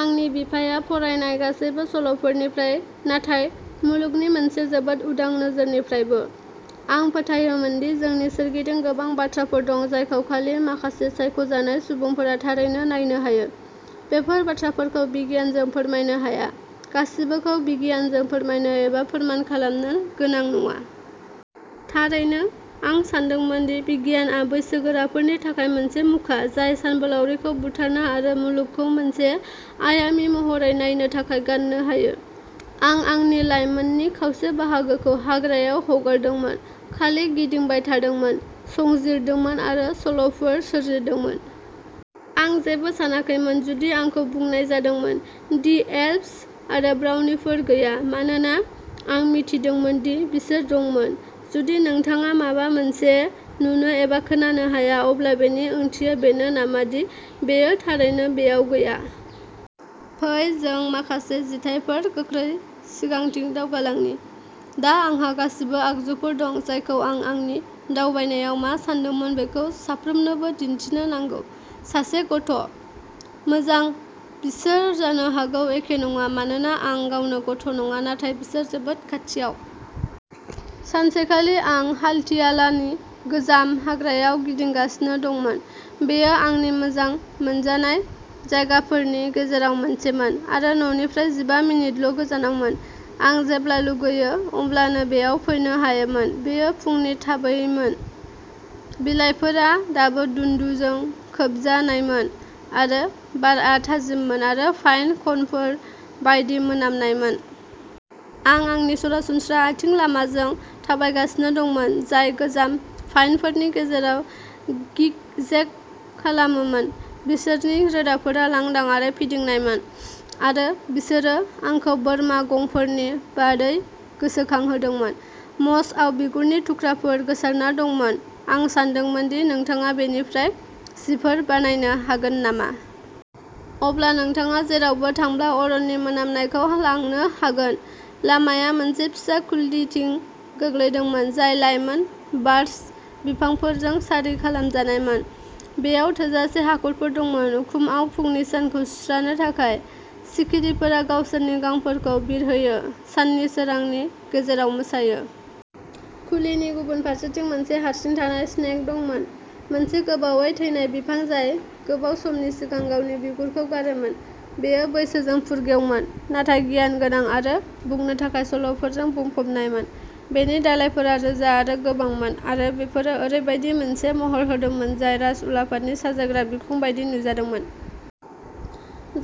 आंनि बिफाया फरायनाय गासैबो सल'फोरनिफ्राय, नाथाय मुलुगनि मोनसे जोबोद उदां नोजोरनिफ्रायबो। आं फोथायोमोनदि जोंनि सोरगिदिं गोबां बाथ्राफोर दं जायखौ खालि माखासे सायख' जानाय सुबुंफोरा थारैनो नायनो हायो। बेफोर बाथ्राफोरखौ बिगियानजों फोरमायनो हाया। गासिबोखौ बिगियानजों फोरमायनो एबा फोरमान खालामनो गोनां नङा। थारैनो, आं सानदोंमोन दि बिगियानआ बैसोगोराफोरनि थाखाय मोनसे मुखा, जाय सानबोलावरिखौ बुथारनो आरो मुलुगखौ मोनसे आयामी महरै नायनो थाखाय गाननो हायो। आं आंनि लायमोननि खावसे बाहागोखौ हाग्रायाव हगारदोंमोन, खालि गिदिंबाय थादोंमोन, संजिरदोंमोन आरो सल'फोर सोरजिदोंमोन। आं जेबो सानाखैमोन जुदि आंखौ बुंनाय जादोंमोन दि एल्व्स आरो ब्राउनिफोर गैया, मानोना आं मिथिदोंमोन दि बिसोर दंमोन। जुदि नोंथाङा माबा मोनसे नुनो एबा खोनानो हाया, अब्ला बेनि ओंथिया बेनो नामा दि बेयो थारैनो बेयाव गैया? फै जों माखासे जिथायफोर गोख्रै सिगांथिं दावगालांनि। दा आंहा गासिबो आगजुफोर दं जायखौ आं आंनि दावबायनायाव मा सानदोंमोन बेखौ साफ्रोमनोबो दिन्थिनो नांगौ। सासे गथ'। मोजां, बिसोर जानो हागौ एखे नङा मानोना आं गावनो गथ' नङा, नाथाय बिसोर जोबोद खाथियाव। सानसेखालि आं हाल्टियालानि गोजाम हाग्रायाव गिदिंगासिनो दंमोन। बेयो आंनि मोजां मोनजानाय जायगाफोरनि गेजेराव मोनसेमोन आरो न'निफ्राय जिबा मिनिटल' गोजानावमोन। आं जेब्ला लुगैयो अब्लानो बेयाव फैनो हायोमोन। बेयो फुंनि थाबैमोन। बिलाइफोरा दाबो दुन्दुजों खोबजानायमोन आरो बारआ थाजिममोन आरो पाइन कनफोर बायदि मोनामनायमोन। आं आंनि सरासनस्रा आथिं लामाजों थाबायगासिनो दंमोन, जाय गोजाम पाइनफोरनि गेजेराव गिगजेग खालामोमोन। बिसोरनि रोदाफोरा लांदां आरो फिदिंनायमोन आरो बिसोरो आंखौ बोरमा गंफोरनि बादै गोसोखांहोदोंमोन। मसआव बिगुरनि थुख्राफोर गोसारना दंमोन। आं सानदोंमोन दि नोंथाङा बेनिफ्राय जिफोर बानायनो हागोन नामा। अब्ला नोंथाङा जेरावबो थांब्ला अरननि मोनामनायखौ लांनो हागोन। लामाया मोनसे फिसा खुलिथिं गोग्लैदोंमोन, जाय लायमोन बार्च बिफांफोरजों सारि खालामजानायमोन। बेयाव थोजासे हाखरफोर दंमोन। उखुमआव फुंनि सानखौ सुस्रानो थाखाय। सिखिरिफोरा गावसोरनि गांफोरखौ बिरहोयो, साननि सोरांनि गेजेराव मोसायो। खुलिनि गुबुन फारसेथिं मोनसे हारसिं थानाय स्नेग दंमोन, मोनसे गोबावै थैनाय बिफां जाय गोबाव समनि सिगां गावनि बिगुरखौ गारोमोन। बेयो बैसोजों फुरगेवमोन, नाथाय गियानगोनां आरो बुंनो थाखाय सल'फोरजों बुंफबनायमोन। बेनि दालाइफोरा रोजा आरो गोबांमोन आरो बेफोरो ओरैबायदि मोनसे महर होदोंमोन जाय राजउलाफादनि साजायग्रा बिखुं बायदि नुजादोंमोन।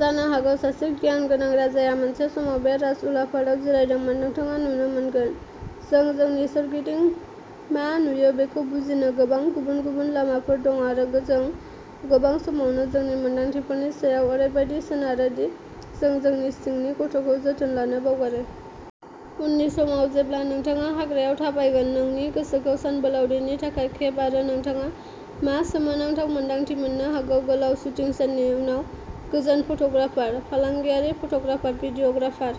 जानो हागौ सासे गियानगोनां राजाया मोनसे समाव बे राजउलाफादाव जिरायदोंमोन। नोंथाङा नुनो मोनगोन, जों जोंनि सोरगिदिं मा नुयो बेखौ बुजिनो गोबां गुबुन-गुबुन लामाफोर दं आरो जों गोबां समावनो जोंनि मोनदांथिफोरनि सायाव ओरैबादि सोनारो दि जों जोंनि सिंनि गथ'खौ जोथोन लानो बावगारो। उननि समाव जेब्ला नोंथाङा हाग्रायाव थाबायगोन, नोंनि गोसोखौ सानबोलावरिनि थाखाय खेव आरो नोंथाङा माबा सोमोनांथाव मोन्दांथि मोननो हागौ। गोलाव शुटिं साननि उनाव गोजोन फट'ग्राफार। फालांगियारि फट'ग्राफार, भिडिय'ग्राफार,